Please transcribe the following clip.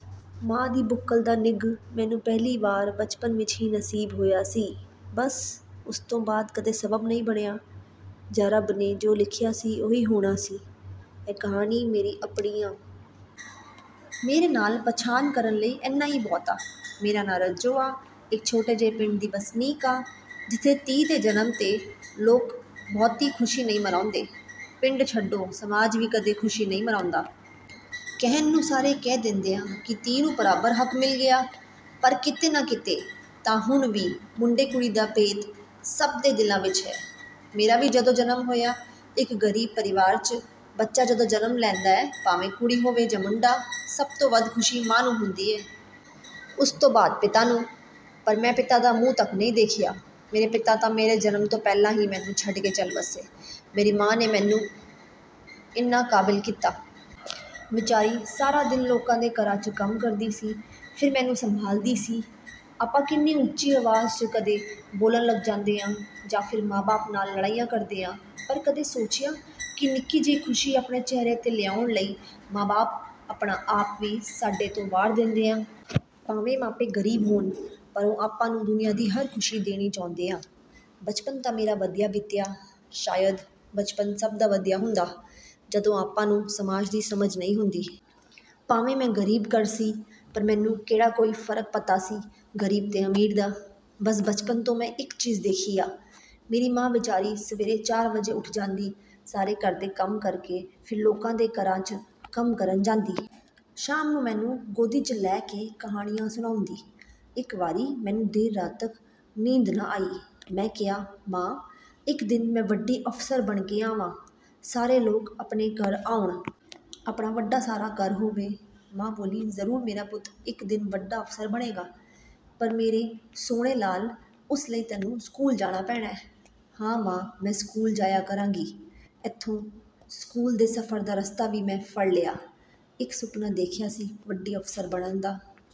ਮਾਂ ਦੀ ਬੁੱਕਲ ਦਾ ਨਿੱਘ ਮੈਨੂੰ ਪਹਿਲੀ ਵਾਰ ਬਚਪਨ ਵਿੱਚ ਹੀ ਨਸੀਬ ਹੋਇਆ ਸੀ। ਬਸ, ਉਸ ਤੋਂ ਬਾਅਦ ਕਦੇ ਸਬੱਬ ਨਹੀਂ ਬਣਿਆ, ਜਾਂ ਰੱਬ ਨੇ ਜੋ ਲਿਖਿਆ ਸੀ ਉਹੀ ਹੋਣਾ ਸੀ। ਇਹ ਕਹਾਣੀ ਮੇਰੀ ਆਪਣੀ ਆਂ। ਮੇਰੇ ਨਾਲ ਪਛਾਣ ਕਰਨ ਲਈ ਇੰਨਾ ਹੀ ਬਹੁਤ ਆ। ਮੇਰਾ ਨਾਂ ਰੱਜੋ ਆ, ਇਕ ਛੋਟੇ ਜਿਹੇ ਪਿੰਡ ਦੀ ਵਸਨੀਕ ਆਂ, ਜਿੱਥੇ ਧੀ ਦੇ ਜਨਮ 'ਤੇ ਲੋਕ ਬਹੁਤੀ ਖੁਸ਼ੀ ਨਹੀਂ ਮਨਾਉਂਦੇ। ਪਿੰਡ ਛੱਡੋ, ਸਮਾਜ ਵੀ ਕਦੇ ਖੁਸ਼ੀ ਨਹੀਂ ਮਨਾਉਂਦਾ। ਕਹਿਣ ਨੂੰ ਸਾਰੇ ਕਹਿ ਦਿੰਦੇ ਆ ਕਿ ਧੀ ਨੂੰ ਬਰਾਬਰ ਹੱਕ ਮਿਲ ਗਿਆ ਪਰ ਕਿਤੇ ਨਾ ਕਿਤੇ ਤਾਂ ਹੁਣ ਵੀ ਮੁੰਡੇ-ਕੁੜੀ ਦਾ ਭੇਤ ਸਭ ਦੇ ਦਿਲਾਂ ਵਿੱਚ ਹੈ। ਮੇਰਾ ਵੀ ਜਦੋਂ ਜਨਮ ਹੋਇਆ, ਇਕ ਗਰੀਬ ਪਰਿਵਾਰ 'ਚ ਬੱਚਾ ਜਦੋਂ ਜਨਮ ਲੈਂਦਾ, ਭਾਵੇਂ ਕੁੜੀ ਹੋਵੇ ਜਾਂ ਮੁੰਡਾ, ਸਭ ਤੋਂ ਵੱਧ ਖੁਸ਼ੀ ਮਾਂ ਨੂੰ ਹੁੰਦੀ ਹੈ। ਉਸ ਤੋਂ ਬਾਅਦ ਪਿਤਾ ਨੂੰ। ਪਰ, ਮੈਂ ਪਿਤਾ ਦਾ ਮੂੰਹ ਤੱਕ ਨਹੀਂ ਦੇਖਿਆ। ਮੇਰੇ ਪਿਤਾ ਤਾਂ ਮੇਰੇ ਜਨਮ ਤੋਂ ਪਹਿਲਾਂ ਹੀ ਮੈਨੂੰ ਛੱਡ ਕੇ ਚੱਲ ਵੱਸੇ। ਮੇਰੀ ਮਾਂ ਨੇ ਮੈਨੂੰ ਇੰਨਾ ਕਾਬਲ ਕੀਤਾ। ਵਿਚਾਰੀ ਸਾਰਾ ਦਿਨ ਲੋਕਾਂ ਦੇ ਘਰਾਂ 'ਚ ਕੰਮ ਕਰਦੀ ਸੀ, ਫਿਰ ਮੈਨੂੰ ਸੰਭਾਲਦੀ ਸੀ। ਆਪਾਂ ਕਿੰਨੀ ਉੱਚੀ ਆਵਾਜ਼ 'ਚ ਕਦੇ ਬੋਲਣ ਲੱਗ ਜਾਂਦੇ ਆਂ ਜਾਂ ਫਿਰ ਮਾਂ-ਬਾਪ ਨਾਲ ਲੜਾਈਆਂ ਕਰਦੇ ਆਂ, ਪਰ ਕਦੇ ਸੋਚਿਆ ਕਿ ਨਿੱਕੀ ਜਿਹੀ ਖੁਸ਼ੀ ਆਪਣੇ ਚਿਹਰੇ 'ਤੇ ਲਿਆਉਣ ਲਈ ਮਾਂ-ਬਾਪ ਆਪਣਾ ਆਪ ਵੀ ਸਾਡੇ ਤੋਂ ਵਾਰ ਦਿੰਦੇ ਆ। ਭਾਵੇਂ ਮਾਪੇ ਗਰੀਬ ਹੋਣ, ਪਰ ਉਹ ਆਪਾਂ ਨੂੰ ਦੁਨੀਆ ਦੀ ਹਰ ਖੁਸ਼ੀ ਦੇਣੀ ਚਾਹੁੰਦੇ ਆ। ਬਚਪਨ ਤਾਂ ਮੇਰਾ ਵਧੀਆ ਬੀਤਿਆ। ਸ਼ਾਇਦ ਬਚਪਨ ਸਭ ਦਾ ਵਧੀਆ ਹੁੰਦਾ, ਜਦੋਂ ਆਪਾਂ ਨੂੰ ਸਮਾਜ ਦੀ ਸਮਝ ਨਹੀਂ ਹੁੰਦੀ। ਭਾਵੇਂ ਮੈਂ ਗਰੀਬ ਘਰ ਸੀ, ਪਰ ਮੈਨੂੰ ਕਿਹੜਾ ਕੋਈ ਫਰਕ ਪਤਾ ਸੀ ਗਰੀਬ ਤੇ ਅਮੀਰ ਦਾ। ਬਸ ਬਚਪਨ ਤੋਂ ਮੈਂ ਇਕ ਚੀਜ਼ ਦੇਖੀ ਆ। ਮੇਰੀ ਮਾਂ ਵਿਚਾਰੀ ਸਵੇਰੇ ਚਾਰ ਵਜੇ ਉੱਠ ਜਾਂਦੀ, ਸਾਰੇ ਘਰ ਦੇ ਕੰਮ ਕਰ ਕੇ ਫਿਰ ਲੋਕਾਂ ਦੇ ਘਰਾਂ 'ਚ ਕੰਮ ਕਰਨ ਜਾਂਦੀ। ਸ਼ਾਮ ਨੂੰ ਮੈਨੂੰ ਗੋਦੀ 'ਚ ਲੈ ਕੇ ਕਹਾਣੀਆਂ ਸੁਣਾਉਂਦੀ। ਇਕ ਵਾਰੀ ਮੈਨੂੰ ਦੇਰ ਰਾਤ ਤੱਕ ਨੀਂਦ ਨਾ ਆਈ। ਮੈਂ ਕਿਹਾ, ''ਮਾਂ, ਇਕ ਦਿਨ ਮੈਂ ਵੱਡੀ ਅਫ਼ਸਰ ਬਣ ਕੇ ਆਵਾਂ। ਸਾਰੇ ਲੋਕ ਆਪਣੇ ਘਰ ਆਉਣ। ਆਪਣਾ ਵੱਡਾ ਸਾਰਾ ਘਰ ਹੋਵੇ।'' ਮਾਂ ਬੋਲੀ, ''ਜ਼ਰੂਰ ਮੇਰਾ ਪੁੱਤ ਇਕ ਦਿਨ ਵੱਡਾ ਅਫ਼ਸਰ ਬਣੇਗਾ। ਪਰ ਮੇਰੇ ਸੋਹਣੇ ਲਾਲ, ਉਸ ਲਈ ਤੈਨੂੰ ਸਕੂਲ ਜਾਣਾ ਪੈਣਾ।'' ''ਹਾਂ ਮਾਂ, ਮੈਂ ਸਕੂਲ ਜਾਇਆ ਕਰਾਂਗੀ।'' ਇੱਥੋਂ ਸਕੂਲ ਦੇ ਸਫ਼ਰ ਦਾ ਰਸਤਾ ਵੀ ਮੈਂ ਫੜ ਲਿਆ। ਇਕ ਸੁਪਨਾ ਦੇਖਿਆ ਸੀ- ਵੱਡੀ ਅਫ਼ਸਰ ਬਣਨ ਦਾ।